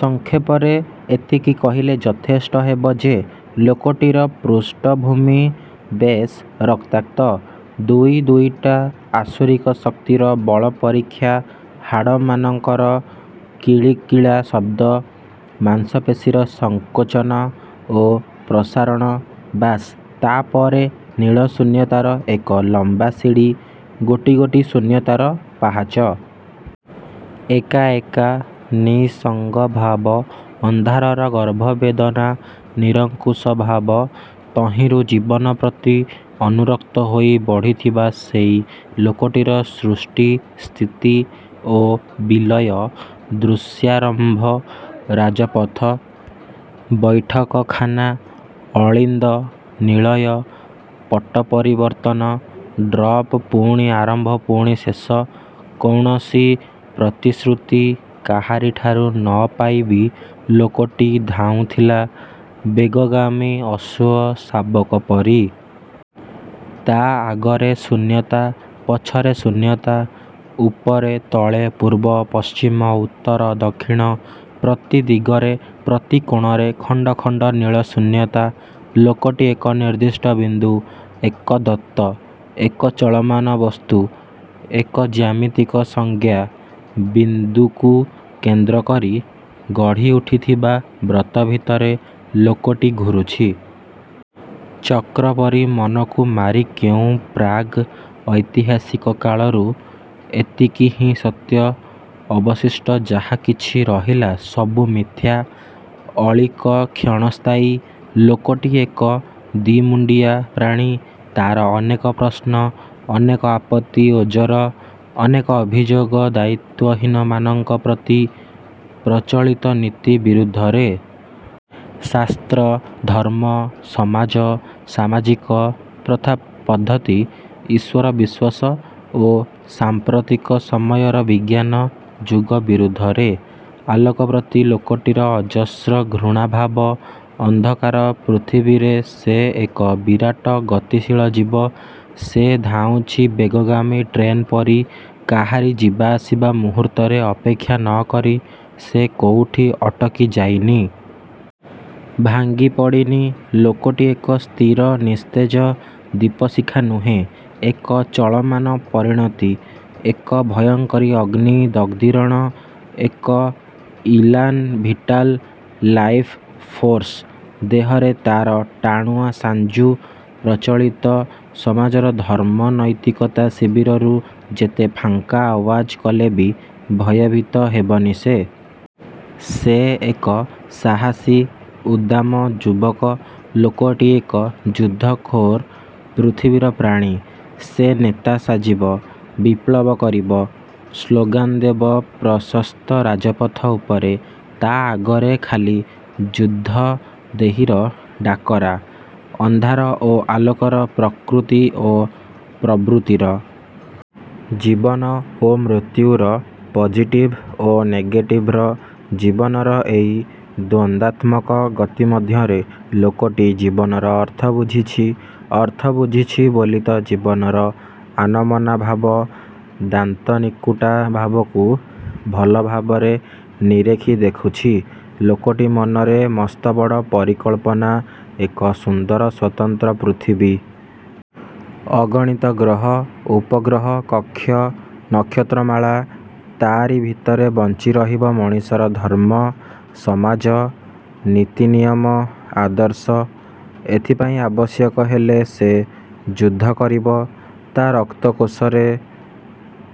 ସଂକ୍ଷେପରେ ଏତିକି କହିଲେ ଯଥେଷ୍ଟ ହେବ ଯେ, ଲୋକଟିର ପୃଷ୍ଠଭୂମି ବେଶ୍ ରକ୍ତାକ୍ତ-। ଦୁଇ ଦୁଇଟା ଆସୁରିକ ଶକ୍ତିର ବଳ ପରୀକ୍ଷା। ହାଡ଼ମାନଙ୍କର କିଳିକିଳା ଶବ୍ଦ। ମାଂସପେଶୀର ସଂକୋଚନ ଓ ପ୍ରସାରଣ। ବାସ୍, ତା'ପରେ ନୀଳ ଶୂନ୍ୟତାର ଏକ ଲମ୍ବା ସିଡ଼ି। ଗୋଟି ଗୋଟି ଶୂନ୍ୟତାର ପାହାଚ। ଏକା ଏକା ନିଃସଙ୍ଗଭାବ। ଅନ୍ଧାରର ଗର୍ଭବେଦନା। ନିରଙ୍କୁଶଭାବ-। ତହିଁରୁ ଜୀବନ ପ୍ରତି ଅନୁରକ୍ତ ହୋଇ ବଢ଼ିଥିବା ସେଇ ଲୋକଟିର ସୃଷ୍ଟି, ସ୍ଥିତି ଓ ବିଲୟ-। ଦୃଶ୍ୟାରମ୍ଭ। ରାଜପଥ। ବୈଠକଖାନା। ଅଳିନ୍ଦ, ନିଳୟ, ପଟ୍ଟପରିବର୍ତ୍ତନ। ଡ୍ରପ ପୁଣି ଆରମ୍ଭ ପୁଣି ଶେଷ। କୌଣସି ପ୍ରତିଶ୍ରୁତି କାହାରିଠାରୁ ନପାଇବି ଲୋକଟି ଧାଉଁଥିଲା ବେଗଗାମୀ ଅଶ୍ୱ ଶାବକ ପରି। ତା' ଆଗରେ ଶୂନ୍ୟତା। ପଛରେ ଶୂନ୍ୟତା। ଉପରେ, ତଳେ, ପୂର୍ବ, ପଶ୍ଚିମ, ଉତ୍ତର, ଦକ୍ଷିଣ ପ୍ରତି ଦିଗରେ, ପ୍ରତି କୋଣରେ ଖଣ୍ଡ ଖଣ୍ଡ ନୀଳ ଶୂନ୍ୟତା। ଲୋକଟି ଏକ ନିର୍ଦ୍ଦିଷ୍ଟ ବିନ୍ଦୁ, ଏକ ଦତ୍ତ! ଏକ ଚଳମାନ ବସ୍ତୁ। ଏକ ଜ୍ୟାମିତିକ ସଂଜ୍ଞା। ବିନ୍ଦୁକୁ କେନ୍ଦ୍ରକରି ଗଢ଼ି ଉଠିଥିବା ବ୍ରତ ଭିତରେ ଲୋକଟି ଘୂରୁଛି। ଚକ୍ରପରି ମନକୁ ମାରି କେଉଁ ପ୍ରାଗ୍-ଐତିହାସିକ କାଳରୁ! ଏତିକି ହିଁ ସତ୍ୟ। ଅବଶିଷ୍ଟ ଯାହା କିଛି ରହିଲା ସବୁ ମିଥ୍ୟା। ଅଳୀକ କ୍ଷଣସ୍ଥାୟୀ। ଲୋକଟି ଏକ ଦିମୁଣ୍ଡିଆ ପ୍ରାଣୀ। ତା'ର ଅନେକ ପ୍ରଶ୍ନ। ଅନେକ ଆପତ୍ତି ଓଜର। ଅନେକ ଅଭିଯୋଗ ଦାୟିତ୍ୱହୀନ ମାନଙ୍କ ପ୍ରତି। ପ୍ରଚଳିତ ନୀତି ବିରୁଦ୍ଧରେ। ଶାସ୍ତ୍ର, ଧର୍ମ, ସମାଜ, ସାମାଜିକ ପ୍ରଥା ପଦ୍ଧତି, ଈଶ୍ୱର ବିଶ୍ୱାସ ଓ ସାଂପ୍ରତିକ ସମୟର ବିଜ୍ଞାନ ଯୁଗ ବିରୁଦ୍ଧରେ। ଆଲୋକପ୍ରତି ଲୋକଟିର ଅଜସ୍ର ଘୃଣାଭାବ। ଅନ୍ଧକାର ପୃଥିବୀରେ ସେ ଏକ ବିରାଟ ଗତିଶୀଳ ଜୀବ। ସେ ଧାଉଁଛି ବେଗଗାମୀ ଟ୍ରେନପରି। କାହାରି ଯିବା ଆସିବା ମୁହୂର୍ତ୍ତରେ ଅପେକ୍ଷା ନକରି ସେ କୋଉଠି ଅଟକି ଯାଇନି। ଭାଙ୍ଗିପଡ଼ିନି। ଲୋକଟି ଏକ ସ୍ଥିର, ନିସ୍ତେଜ, ଦୀପଶିଖା ନୁହେଁ। ଏକ ଚଳମାନ ପରିଣତି। ଏକ ଭୟଙ୍କରୀ ଅଗ୍ନି ଉଦ୍ଗିରଣ। ଏକ ଇଲାନ୍ ଭିଟାଲ୍। Life force. ଦେହରେ ତା'ର ଟାଣୁଆ ସାଞ୍ଜୁ। ପ୍ରଚଳିତ ସମାଜର ଧର୍ମ, ନୈତିକତା ଶିବିରରୁ ଯେତେ ଫାଙ୍କା ଆଓ୍ୱାଜ କଲେବି ଭୟଭୀତ ହେବନି ସେ। ସେ ଏକ ସାହସୀ ଉଦ୍ଦାମ ଯୁବକ।। ଲୋକଟି ଏକ ଯୁଦ୍ଧ ଖୋର ପୃଥିବୀର ପ୍ରାଣୀ। ସେ ନେତା ସାଜିବ। ବିପ୍ଳବ କରିବ। ସ୍ଳୋଗାନ ଦେବ ପ୍ରସସ୍ଥ ରାଜପଥ ଉପରେ। ତା' ଆଗରେ ଖାଲି ଯୁଦ୍ଧଂ ଦେହୀର ଡାକରା। ଅନ୍ଧାର ଓ ଆଲୋକର। ପ୍ରକୃତି ଓ ପ୍ରବୃତ୍ତିର! ଜୀବନ ଓ ମୃତ୍ୟୁର। ପଜିଟିଭ୍ ଓ ନେଗେଟିଭ୍ର। ଜୀବନର ଏଇ ଦ୍ୱନ୍ଦାତ୍ମକ ଗତିମଧ୍ୟରେ ଲୋକଟି ଜୀବନର ଅର୍ଥ ବୁଝିଛି। ଅର୍ଥ ବୁଝିଛି ବୋଲିତ ଜୀବନର ଆନମନା ଭାବ, ଦାନ୍ତନିକୁଟା ଭାବକୁ ଭଲଭାବରେ ନିରେଖି ଦେଖୁଛି। ଲୋକଟି ମନରେ ମସ୍ତବଡ଼ ପରିକଳ୍ପନା। ଏକ ସୁନ୍ଦର ସ୍ୱତନ୍ତ୍ର ପୃଥିବୀ। ଅଗଣିତ ଗ୍ରହ, ଉପଗ୍ରହ, କକ୍ଷ, ନକ୍ଷତ୍ରମାଳା। ତା'ରି ଭିତରେ ବଞ୍ଚିରହିବ ମଣିଷର ଧର୍ମ, ସମାଜ, ନୀତିନିୟମ, ଆଦର୍ଶ। ଏଥିପାଇଁ ଆବଶ୍ୟକ ହେଲେ ସେ ଯୁଦ୍ଧକରିବ। ତା' ରକ୍ତକୋଷରେ।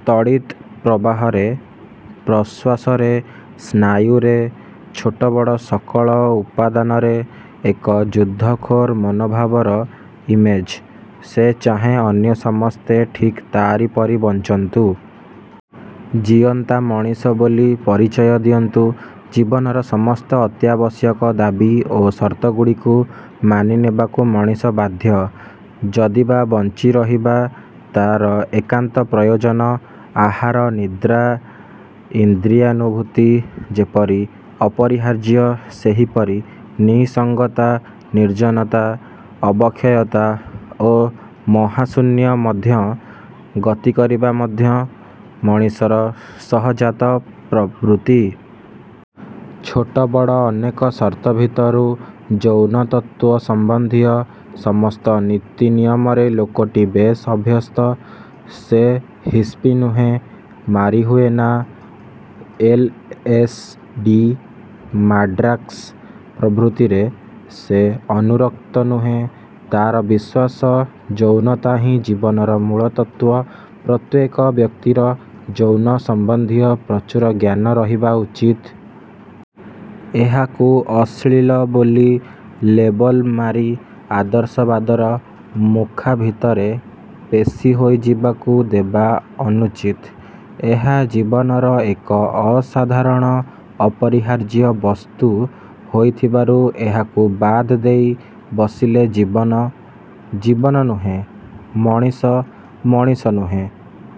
ତଡ଼ିତ୍ ପ୍ରବାହରେ, ପ୍ରଶ୍ୱାସରେ, ସ୍ନାୟୁରେ, ଛୋଟବଡ଼ ସକଳ ଉପାଦାନରେ ଏକ ଯୁଦ୍ଧଖୋର ମନୋଭାବର ଇମେଜ୍। ସେ ଚାହେଁ ଅନ୍ୟସମସ୍ତେ ଠିକ୍ ତା'ରି ପରି ବଞ୍ଚନ୍ତୁ। ଜିଅନ୍ତା ମଣିଷ ବୋଲି ପରିଚୟ ଦିଅନ୍ତୁ। ଜୀବନର ସମସ୍ତ ଅତ୍ୟାବଶ୍ୟକ ଦାବି ଓ ସର୍ତ୍ତଗୁଡ଼ିକୁ ମାନିନେବାକୁ ମଣିଷ ବାଧ୍ୟ। ଯଦିବା ବଞ୍ଚିରହିବା ତା'ର ଏକାନ୍ତ ପ୍ରୟୋଜନ। ଆହାର, ନିଦ୍ରା, ଇନ୍ଦ୍ରିୟାନୁଭୂତି ଯେପରି ଅପରିହାର୍ଯ୍ୟ ସେହିପରି ନିଃସଙ୍ଗତା ନିର୍ଜନତା, ଅବକ୍ଷୟତା ଓ ମହାଶୂନ୍ୟ ମଧ୍ୟ ଗତିକରିବା ମଧ୍ୟ ମଣିଷର ସହଜାତ ପ୍ରବୃତ୍ତି। ଛୋଟ ବଡ଼ ଅନେକ ସର୍ତ୍ତ ଭିତରୁ ଯୌନତତ୍ତ୍ୱ ସମ୍ବନ୍ଧୀୟ ସମସ୍ତ ନୀତି ନିୟମରେ ଲୋକଟି ବେଶ୍ ଅଭ୍ୟସ୍ତ। ସେ ହିପ୍ପି ନୁହେଁ। Marijuana, L. S. D. Mandrax ପ୍ରଭୃତିରେ ସେ ଅନୁରକ୍ତ ନୁହେଁ। ତା'ର ବିଶ୍ୱାସ ଯୌନତାହିଁ ଜୀବନର ମୂଳତତ୍ତ୍ୱ। ପ୍ରତ୍ୟେକ ବ୍ୟକ୍ତିର ଯୌନ ସମ୍ବନ୍ଧୀୟ ପ୍ରଚୁର ଜ୍ଞାନ ରହିବା ଉଚିତ। ଏହାକୁ ଅଶ୍ଳୀଳ ବୋଲି ଲେବଲ୍ ମାରି ଆଦର୍ଶବାଦର ମୁଖାଭିତରେ ପେଶୀ ହୋଇଯିବାକୁ ଦେବା ଅନୁଚିତ। ଏହା ଜୀବନର ଏକ ଅସାଧାରଣ ଅପରିହାର୍ଯ୍ୟ ବସ୍ତୁ ହୋଇଥିବାରୁ ଏହାକୁ ବାଦ୍ ଦେଇ ବସିଲେ ଜୀବନ, ଜୀବନ ନୁହେଁ। ମଣିଷ, ମଣିଷ ନୁହେଁ।